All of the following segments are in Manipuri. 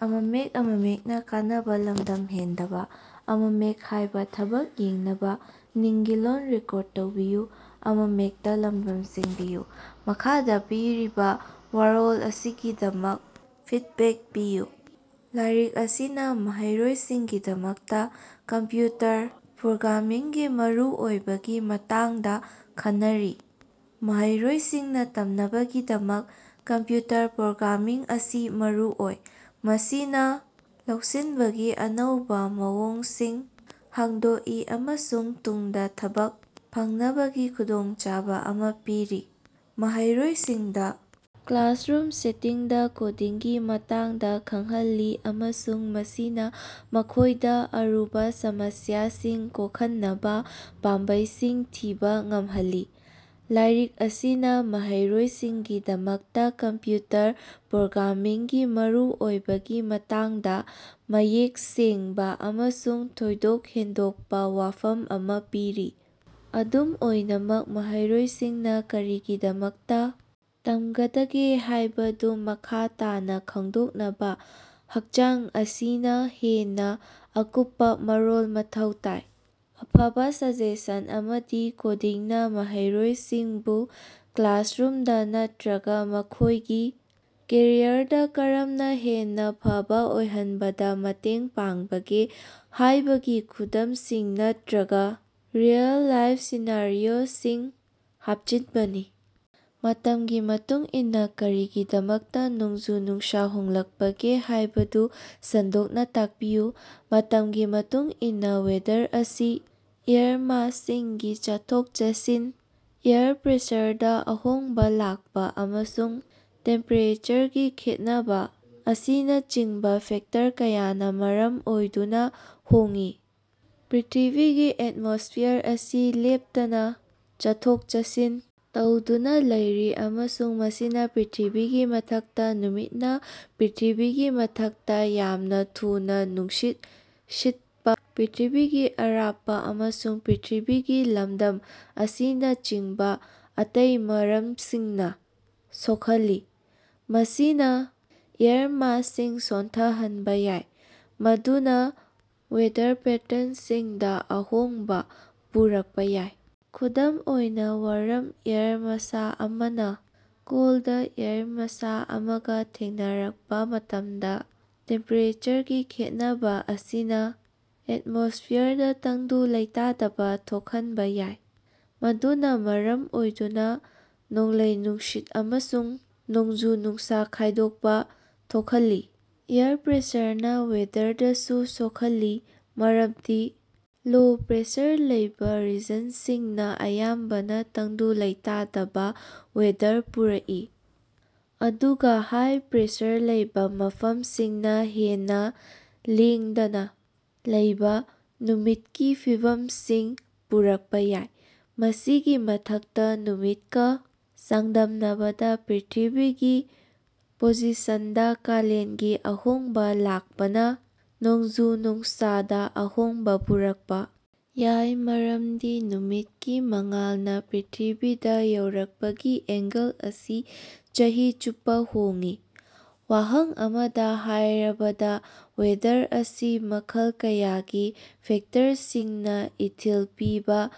ꯃꯈꯥꯗꯥ ꯄꯤꯔꯤꯕ ꯋꯥꯔꯣꯜ ꯑꯁꯤꯒꯤꯗꯃꯛ ꯐꯤꯗꯕꯦꯛ ꯄꯤꯌꯨ꯫ ꯂꯥꯏꯔꯤꯛ ꯑꯁꯤꯅ ꯃꯍꯩꯔꯣꯏꯁꯤꯡꯒꯤꯗꯃꯛꯇ ꯀꯝꯄ꯭ꯌꯨꯇꯔ ꯄ꯭ꯔꯣꯒ꯭ꯔꯥꯃꯤꯡꯒꯤ ꯃꯔꯨꯑꯣꯏꯕꯒꯤ ꯃꯇꯥꯡꯗ ꯈꯟꯅꯔꯤ꯫ ꯃꯍꯩꯔꯣꯏꯁꯤꯡꯅ ꯇꯝꯅꯕꯒꯤꯗꯃꯛ ꯀꯝꯄ꯭ꯌꯨꯇꯔ ꯄ꯭ꯔꯣꯒ꯭ꯔꯥꯃꯤꯡ ꯑꯁꯤ ꯃꯔꯨꯑꯣꯏ꯫ ꯃꯁꯤꯅ ꯂꯧꯁꯤꯟꯕꯒꯤ ꯑꯅꯧꯕ ꯃꯑꯣꯡꯁꯤꯡ ꯍꯥꯡꯗꯣꯛꯏ ꯑꯃꯁꯨꯡ ꯇꯨꯡꯗ ꯊꯕꯛ ꯐꯪꯅꯕꯒꯤ ꯈꯨꯗꯣꯡꯆꯥꯕ ꯑꯃ ꯄꯤꯔꯤ꯫ ꯃꯍꯩꯔꯣꯏꯁꯤꯡꯗ ꯀ꯭ꯂꯥꯁꯔꯨꯝ ꯁꯦꯇꯤꯡꯗ ꯀꯣꯗꯤꯡꯒꯤ ꯃꯇꯥꯡꯗ ꯈꯡꯍꯜꯂꯤ ꯑꯃꯁꯨꯡ ꯃꯁꯤꯅ ꯃꯈꯣꯏꯗ ꯑꯔꯨꯕ ꯁꯃꯁ꯭ꯌꯥꯁꯤꯡ ꯀꯣꯛꯍꯟꯅꯕ ꯄꯥꯝꯕꯩꯁꯤꯡ ꯊꯤꯕ ꯉꯝꯍꯜꯂꯤ꯫ ꯂꯥꯏꯔꯤꯛ ꯑꯁꯤꯅ ꯃꯍꯩꯔꯣꯏꯁꯤꯡꯒꯤꯗꯃꯛꯇ ꯀꯝꯄ꯭ꯌꯨꯇꯔ ꯄ꯭ꯔꯣꯒ꯭ꯔꯥꯃꯤꯡꯒꯤ ꯃꯔꯨꯑꯣꯏꯕꯒꯤ ꯃꯇꯥꯡꯗ ꯃꯌꯦꯛ ꯁꯦꯡꯕ ꯑꯃꯁꯨꯡ ꯊꯣꯏꯗꯣꯛ ꯍꯦꯟꯗꯣꯛꯄ ꯋꯥꯐꯝ ꯑꯃ ꯄꯤꯔꯤ꯫ ꯑꯗꯨꯝ ꯑꯣꯏꯅꯃꯛ, ꯃꯍꯩꯔꯣꯏꯁꯤꯡꯅ ꯀꯔꯤꯒꯤꯗꯃꯛꯇ ꯇꯝꯒꯗꯒꯦ ꯍꯥꯏꯕꯗꯨ ꯃꯈꯥ ꯇꯥꯅ ꯈꯡꯗꯣꯛꯅꯕ ꯍꯛꯆꯥꯡ ꯑꯁꯤꯅ ꯍꯦꯟꯅ ꯑꯀꯨꯞꯄ ꯃꯔꯣꯜ ꯃꯊꯧ ꯇꯥꯏ꯫ ꯑꯐꯕ ꯁꯖꯦꯁꯟ ꯑꯃꯗꯤ ꯀꯣꯗꯤꯡꯅ ꯃꯍꯩꯔꯣꯏꯁꯤꯡꯕꯨ ꯀ꯭ꯂꯥꯁꯔꯨꯝꯗ ꯅꯠꯇꯔꯒ ꯃꯈꯣꯏꯒꯤ ꯀꯦꯔꯤꯌꯔꯗ ꯀꯔꯝꯅ ꯍꯦꯟꯅ ꯐꯕꯥ ꯑꯣꯏꯍꯟꯕꯗ ꯃꯇꯦꯡ ꯄꯥꯡꯕꯒꯦ ꯍꯥꯏꯕꯒꯤ ꯈꯨꯗꯝꯁꯤꯡ ꯅꯠꯇꯔꯒ ꯔꯤꯑꯦꯜ-ꯂꯥꯏꯐ ꯁꯤꯅꯥꯔꯤꯑꯣꯁꯤꯡ ꯍꯥꯞꯆꯤꯟꯕꯅꯤ꯫ ꯃꯇꯝꯒꯤ ꯃꯇꯨꯡꯏꯟꯅ ꯀꯔꯤꯒꯤꯗꯃꯛꯇ ꯅꯣꯡꯖꯨ-ꯅꯨꯡꯁꯥ ꯍꯣꯡꯂꯛꯄꯒꯦ ꯍꯥꯏꯕꯗꯨ ꯁꯟꯗꯣꯛꯅ ꯇꯥꯛꯄꯤꯌꯨ꯫ ꯃꯇꯝꯒꯤ ꯃꯇꯨꯡꯏꯟꯅ ꯋꯦꯗꯔ ꯑꯁꯤ ꯑꯦꯌꯔ ꯃꯥꯁꯁꯤꯡꯒꯤ ꯆꯠꯊꯣꯛ-ꯆꯠꯁꯤꯟ, ꯑꯦꯌꯔ ꯄ꯭ꯔꯦꯁꯔꯗ ꯑꯍꯣꯡꯕ ꯂꯥꯛꯄ, ꯑꯃꯁꯨꯡ ꯇꯦꯝꯄꯦꯔꯦꯆꯔꯒꯤ ꯈꯦꯠꯅꯕ ꯑꯁꯤꯅꯆꯤꯡꯕ ꯐꯦꯛꯇꯔ ꯀꯌꯥꯅ ꯃꯔꯝ ꯑꯣꯏꯗꯨꯅ ꯍꯣꯡꯏ꯫ ꯄ꯭ꯔꯤꯊꯤꯕꯤꯒꯤ ꯑꯦꯠꯃꯣꯁꯐꯤꯌꯔ ꯑꯁꯤ ꯂꯦꯞꯇꯅ ꯆꯠꯊꯣꯛ-ꯆꯠꯁꯤꯟ ꯇꯧꯗꯨꯅ ꯂꯩꯔꯤ ꯑꯃꯁꯨꯡ ꯃꯁꯤꯅ ꯄ꯭ꯔꯤꯊꯤꯕꯤꯒꯤ ꯃꯊꯛꯇ ꯅꯨꯃꯤꯠꯅ ꯄ꯭ꯔꯤꯊꯤꯕꯤꯒꯤ ꯃꯊꯛꯇ ꯌꯥꯝꯅ ꯊꯨꯅꯥ ꯅꯨꯡꯁꯤꯠ ꯁꯤꯠꯄ, ꯄ꯭ꯔꯤꯊꯤꯕꯤꯒꯤ ꯑꯔꯥꯞꯄ ꯑꯃꯁꯨꯡ ꯄ꯭ꯔꯤꯊꯤꯕꯤꯒꯤ ꯂꯝꯗꯝ ꯑꯁꯤꯅꯆꯤꯡꯕ ꯑꯇꯩ ꯃꯔꯝꯁꯤꯡꯅ ꯁꯣꯛꯍꯜꯂꯤ꯫ ꯃꯁꯤꯅ ꯑꯦꯌꯔ ꯃꯥꯁꯁꯤꯡ ꯁꯣꯟꯊꯍꯟꯕ ꯌꯥꯏ, ꯃꯗꯨꯅ ꯋꯦꯗꯔ ꯄꯦꯇ꯭ꯔꯟꯁꯤꯡꯗ ꯑꯍꯣꯡꯕ ꯄꯨꯔꯛꯄ ꯌꯥꯏ꯫ ꯈꯨꯗꯝ ꯑꯣꯏꯅ, ꯋꯥꯔꯝ ꯑꯦꯌꯔ ꯃꯥꯁ ꯑꯃꯅ ꯀꯣꯜꯗ ꯑꯦꯌꯔ ꯃꯥꯁ ꯑꯃꯒ ꯊꯦꯡꯅꯔꯛꯄ ꯃꯇꯝꯗ, ꯇꯦꯝꯄꯦꯔꯦꯆꯔꯒꯤ ꯈꯦꯠꯅꯕ ꯑꯁꯤꯅ ꯑꯦꯠꯃꯣꯁꯐꯤꯌꯔꯗ ꯇꯪꯗꯨ ꯂꯩꯇꯥꯗꯕ ꯊꯣꯛꯍꯟꯕ ꯌꯥꯏ, ꯃꯗꯨꯅ ꯃꯔꯝ ꯑꯣꯏꯗꯨꯅ ꯅꯣꯡꯂꯩ-ꯅꯨꯡꯁꯤꯠ ꯑꯃꯁꯨꯡ ꯅꯣꯡꯖꯨ-ꯅꯨꯡꯁꯥ ꯈꯥꯏꯗꯣꯛꯄ ꯊꯣꯛꯍꯜꯂꯤ꯫ ꯑꯦꯌꯔ ꯄ꯭ꯔꯦꯁꯔꯅ ꯋꯦꯗꯔꯗꯁꯨ ꯁꯣꯛꯍꯜꯂꯤ, ꯃꯔꯝꯗꯤ ꯂꯣ ꯄ꯭ꯔꯦꯁꯔ ꯂꯩꯕ ꯔꯤꯖꯟꯁꯤꯡꯅ ꯑꯌꯥꯝꯕꯅ ꯇꯪꯗꯨ ꯂꯩꯇꯥꯗꯕ ꯋꯦꯗꯔ ꯄꯨꯔꯛꯏ, ꯑꯗꯨꯒ ꯍꯥꯏ ꯄ꯭ꯔꯦꯁꯔ ꯂꯩꯕ ꯃꯐꯝꯁꯤꯡꯅ ꯍꯦꯟꯅ ꯂꯦꯡꯗꯅ ꯂꯩꯕ, ꯅꯨꯃꯤꯠꯀꯤ ꯐꯤꯚꯝꯁꯤꯡ ꯄꯨꯔꯛꯄ ꯌꯥꯏ꯫ ꯃꯁꯤꯒꯤ ꯃꯊꯛꯇ, ꯅꯨꯃꯤꯠꯀ ꯆꯥꯡꯗꯝꯅꯕꯗ ꯄ꯭ꯔꯤꯊꯤꯕꯤꯒꯤ ꯄꯣꯖꯤꯁꯟꯗ ꯀꯥꯂꯦꯟꯒꯤ ꯑꯍꯣꯡꯕ ꯂꯥꯛꯄꯅ ꯅꯣꯡꯖꯨ-ꯅꯨꯡꯁꯥꯗ ꯑꯍꯣꯡꯕ ꯄꯨꯔꯛꯄ ꯌꯥꯏ, ꯃꯔꯝꯗꯤ ꯅꯨꯃꯤꯠꯀꯤ ꯃꯉꯥꯜꯅ ꯄ꯭ꯔꯤꯊꯤꯕꯤꯗ ꯌꯧꯔꯛꯄꯒꯤ ꯑꯦꯡꯒꯜ ꯑꯁꯤ ꯆꯍꯤ ꯆꯨꯞꯄꯥ ꯍꯣꯡꯏ꯫ ꯋꯥꯍꯪ ꯑꯃꯗ ꯍꯥꯏꯔꯕꯗ, ꯋꯦꯗꯔ ꯑꯁꯤ ꯃꯈꯜ ꯀꯌꯥꯒꯤ ꯐꯦꯛꯇꯔꯁꯤꯡꯅ ꯏꯊꯤꯜ ꯄꯤꯕ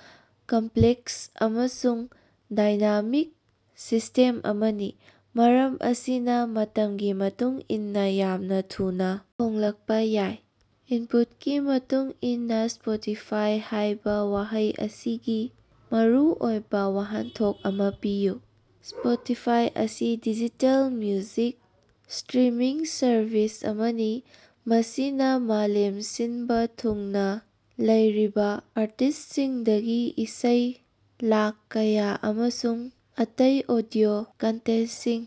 ꯀꯝꯄ꯭ꯂꯦꯛꯁ ꯑꯃꯁꯨꯡ ꯗꯥꯏꯅꯥꯃꯤꯛ ꯁꯤꯁ꯭ꯇꯦꯝ ꯑꯃꯅꯤ, ꯃꯔꯝ ꯑꯁꯤꯅ ꯃꯇꯝꯒꯤ ꯃꯇꯨꯡ ꯏꯟꯅ ꯌꯥꯝꯅ ꯊꯨꯅ ꯍꯣꯡꯂꯛꯄ ꯌꯥꯏ꯫ ꯏꯟꯄꯨꯠꯀꯤ ꯃꯇꯨꯡ ꯏꯟꯅ, ꯁ꯭ꯄꯣꯇꯤꯐꯥꯏ‌ ꯍꯥꯏꯕ ꯋꯥꯍꯩ ꯑꯁꯤꯒꯤ ꯃꯔꯨꯑꯣꯏꯕ ꯋꯥꯍꯟꯊꯣꯛ ꯑꯃ ꯄꯤꯌꯨ꯫ ꯁ꯭ꯄꯣꯇꯤꯐꯥꯏ ꯑꯁꯤ ꯗꯤꯖꯤꯇꯦꯜ ꯃ꯭ꯌꯨꯖꯤꯛ ꯁ꯭ꯇꯔꯤꯃꯤꯡ ꯁꯔꯚꯤꯁ ꯑꯃꯅꯤ, ꯃꯁꯤꯅ ꯃꯥꯂꯦꯝ ꯁꯤꯟꯕ ꯊꯨꯡꯅ ꯂꯩꯔꯤꯕ ꯑꯥꯔꯇꯤꯁ꯭ꯇꯁꯤꯡꯗꯒꯤ ꯏꯁꯩ ꯂꯥꯈ ꯀꯌꯥ ꯑꯃꯁꯨꯡ ꯑꯇꯩ ꯑꯣꯗꯤꯑꯣ ꯀꯟꯇꯦꯟꯇꯁꯤꯡ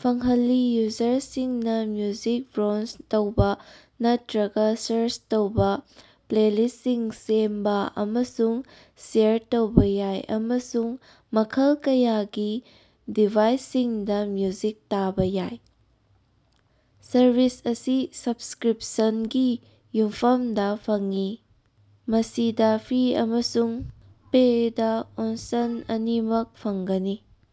ꯐꯪꯍꯜꯂꯤ꯫ ꯌꯨꯖꯔꯁꯤꯡꯅ ꯃ꯭ꯌꯨꯖꯤꯛ ꯕ꯭ꯔꯣꯎꯖ ꯇꯧꯕ ꯅꯠꯇꯔꯒ ꯁꯥ꯭ꯔꯆ ꯇꯧꯕ, ꯄ꯭ꯂꯦꯂꯤꯁ꯭ꯇꯁꯤꯡ ꯁꯦꯝꯕꯥ ꯑꯃꯁꯨꯡ ꯁꯦꯌꯔ ꯇꯧꯕ ꯌꯥꯏ, ꯑꯃꯁꯨꯡ ꯃꯈꯜ ꯀꯌꯥꯒꯤ ꯗꯤꯚꯥꯏꯁꯁꯤꯡꯗ ꯃ꯭ꯌꯨꯖꯤꯛ ꯇꯥꯕ ꯌꯥꯏ꯫ ꯁꯔꯚꯤꯁ ꯑꯁꯤ ꯁꯕꯁ꯭ꯀꯔꯤꯞꯁꯟꯒꯤ ꯌꯨꯝꯐꯝꯗ ꯐꯪꯏ, ꯃꯁꯤꯗ ꯐ꯭ꯔꯤ ꯑꯃꯁꯨꯡ ꯄꯦꯏꯗ ꯑꯣꯟꯁꯟ ꯑꯅꯤꯃꯛ ꯐꯪꯒꯅꯤ꯫